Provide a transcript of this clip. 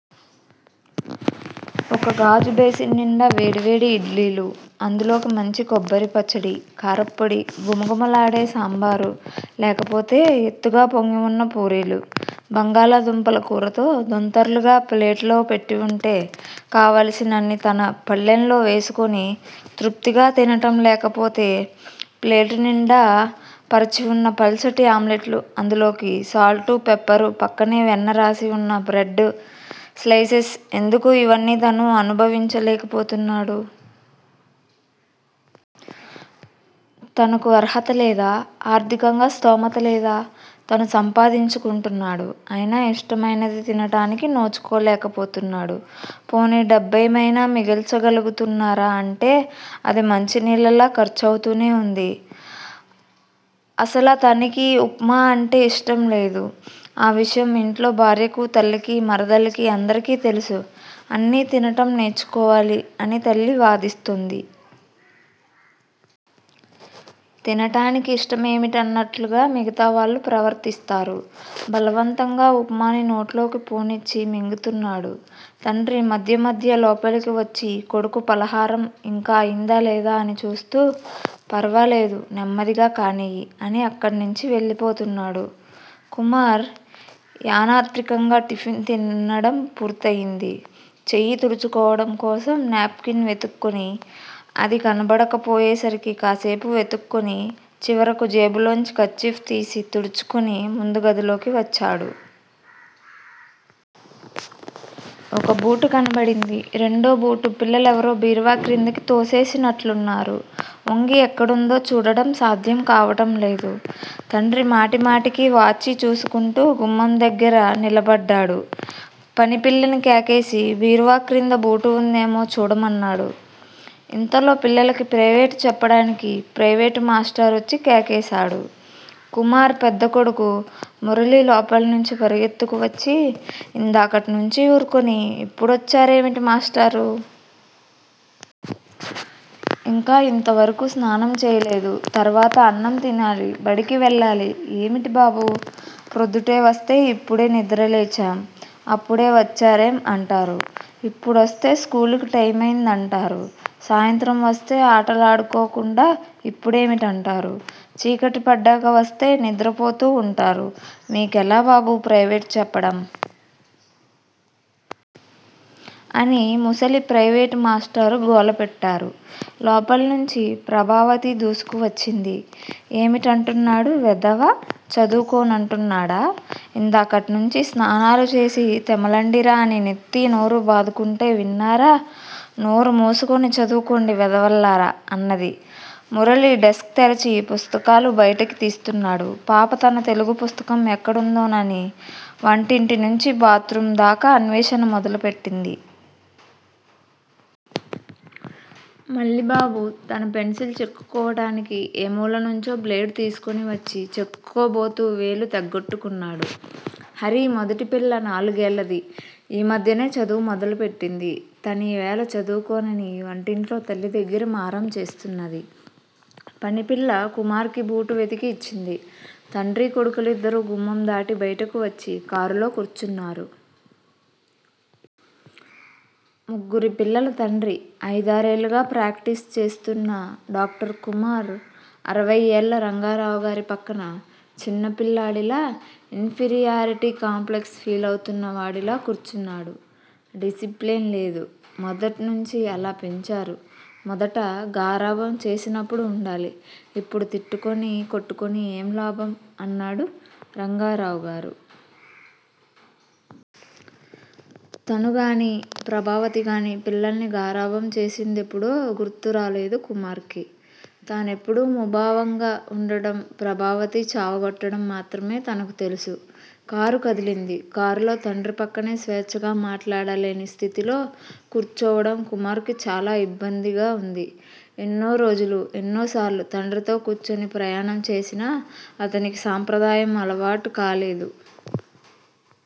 ఒకగాజు basin నిండా వేడివేడి ఇడ్లీలు, అందులోకి మంచి కొబ్బరిపచ్చడి, కారప్పొడి, ఘుమఘుమలాడే సాంబారు లేకపోతే ఎత్తుగా పొంగివున్న పూరీలు, బంగాళాదుంపల కూరతో దొంతర్లుగా ప్లేటులో పెట్టివుంటే కావలసినన్ని తన పళ్ళెంలో వేసుకుని తృప్తిగా తినటం లేకపోతే ప్లేటునిండా పరచివున్న పల్చటి ఆమ్లెట్లు, అందులోకి సాల్టు పెప్పరు ప్రక్కనే వెన్నరాసి వున్న బ్రెడ్ స్లయిసెస్ ఎందుకు ఇవన్నీ తను అనుభవించలేకపోతున్నాడు? తనకు అర్హతలేదా? ఆర్ధికంగా స్తోమతలేదా? తను సంపాదించుకుంటున్నాడు. అయినా ఇష్టమైనది తినడానికి నోచుకోలేకపోతున్నాడు పోనీ డబ్బేమయినా మిగల్చగలుగుతున్నారా అంటే అది మంచినీళ్ళలా ఖర్చవుతూనే వుంది. అసలతానికి ఉప్మా అంటే ఇష్టంలేదు ఆ విషయం ఇంట్లో భార్యకూ తల్లికీ, మరధలికీ అందరికీ తెలుసు. అన్నీ తినటం నేర్చుకోవాలి అని తల్లి వాదిస్తుంది. తినటానికి ఇష్టమేమిటన్నట్లుగా మిగతావాళ్ళు ప్రవర్తిస్తారు. బలవంతంగా ఉప్మాని నోట్లోకి పోనిచ్చి మింగుతున్నాడు. తండ్రి మధ్య మధ్య లోపలికి వచ్చి కొడుకు ఫలహారం ఇంకా అయిందా లేదా అని చూస్తూ ఫర్వాలేదు, నెమ్మదిగా కానియ్యి' అని అక్కడ్నుంచి వెళ్ళిపోతున్నాడు. కుమార్ యనత్రికంగా టిఫిన్ తినడం పూర్తయింది. చెయ్యి తుడుచుకోవటం కోసం నేప్ కిన్ వెదుక్కుని, అది కనబడకపోయే సరికి కాసేపు వెతుక్కుని, చివరకు జేబులోంచి కర్చీఫ్ తీసి తుడుచుకుని ముందుగదిలోకి వచ్చాడు. ఒక బూటు కనబడింది. రెండో బూటు పిల్లలెవరో బీరువాక్రిందికి తోసేసి నట్లున్నారు ఒంగి ఎక్కడుందో చూడటం సాధ్యం కావటంలేదు. తండ్రి మాటిమాటికీ వాచీ చూసుకుంటూ గుమ్మందగ్గర నిలబడ్డాడు. పనిపిల్లని కేకేసి బీరువాక్రింద బూటువుందేమో చూడమన్నాడు. ఇంతలో పిల్లలకి ప్రయివేటు చెప్పడానికి ప్రయివేటు మాష్టారొచ్చి కేకేశాడు. కుమార్ పెద్దకొడుకు మురళి లోపల్నుంచి పరిగెత్తుకువచ్చి 'ఇందాకట్నుంచీ ఊరుకుని, ఇప్పుడొచ్చారేమిటి మాష్టారూ! ఇంకా ఇంతవరకూ స్నానం చేయలేదు, తర్వాత అన్నం తినాలి, బడికి వెళ్ళాలి ఏమిటి బాబూ? ప్రొద్దుటే వస్తే ఇప్పుడే నిద్రలేచాం. అప్పుడే వచ్చారేం? అంటారు. ఇప్పుడొస్తే స్కూలుకు టైమయిందంటారు. సాయంత్రం వస్తే ఆటలాడుకోకుండా ఇప్పుడేమిటంటారు. చీకటిపడ్డాక వస్తే నిద్రపోతూ వుంటారు. మీకెలా బాబూ ప్రయివేటు చెప్పడం? ' అని ముసలి ప్రయివేటు మాష్టారు గోలపెట్టారు. లోపల్నుంచి ప్రభావతి దూసుకువచ్చింది. ఏమిటంటున్నాడు వెధవ? చదువుకోనంటున్నాడా? ఇందాకట్నుంచీ స్నానాలుచేసి తెమలండిరా అని నెత్తీనోరూ బాదుకుంటే విన్నారా? నోరు మూసుకుని చదువుకోండి వెధవల్లారా! అన్నది. మురళి డెస్క్ తెరచి పుస్తకాలు బయటకు తీస్తున్నాడు. పాప తన తెలుగుపుస్తకం ఎక్కడుందోనని వంటింటినుంచి బాత్ రూమ్ దాకా అన్వేషణ మొదలుపెట్టింది. మల్లిబాబు తన పెన్సిల్ చెక్కుకోవటానికి ఏ మూలనుంచో బ్లేడు తీసుకునివచ్చి, చెక్కుకోబోతూ వేలు తెగ్గొట్టుకున్నాడు. హరి మొదటిపిల్ల నాలుగేళ్ళది. ఈ మధ్యనే చదువు మొదలుపెట్టింది. తానీవేళ చదువుకోనని వంటింట్లో తల్లిదగ్గర మారాం చేస్తున్నది. పనిపిల్ల కుమార్ కి బూటు వెతికి ఇచ్చింది. తండ్రీకొడుకులిద్దరూ గుమ్మందాటి బయటకు వచ్చి కారులో కూర్చున్నారు. ముగ్గురు పిల్లల తండ్రి. అయిదారేళ్ళుగా ప్రాక్టీసు చేస్తున్న డాక్టర్ కుమార్ అరవైఏళ్ల రంగారావుగారి ప్రక్కన చిన్నపిల్లాడిలా ఇన్ ఫీరియారిటీ కాంప్లెక్స్ ఫీలవుతున్నవాడిలా కూర్చున్నాడు. డిసిప్లిన్ లేదు. మొదట్నుంచీ అలా పెంచారు. మొదట గారాబం చేసినప్పుడు ఉండాలి. ఇప్పుడు తిట్టుకుని, కొట్టుకుని ఏం లాభం? అన్నాడు రంగారావుగారు. తానుగానీ, ప్రభావతిగానీ పిల్లల్ని గారాబం చేసిందెప్పుడో గుర్తురాలేదు కుమార్ కి. తనెప్పుడూ ముభావంగా వుండటం, ప్రభావతి చావగొట్టటం మాత్రమే తనకు తెలుసు. కారు కదిలింది. కారులో తండ్రిప్రక్కన స్వేచ్చగా మాట్లాడలేని స్థితిలో కూర్చోవటం కుమార్ కి చాలా ఇబ్బందిగా వుంది. ఎన్నోరోజులు, ఎన్నోసార్లు తండ్రితో కూర్చుని ప్రయాణం చేసినా అతనికి సాంప్రదాయం అలవాటుకాలేదు.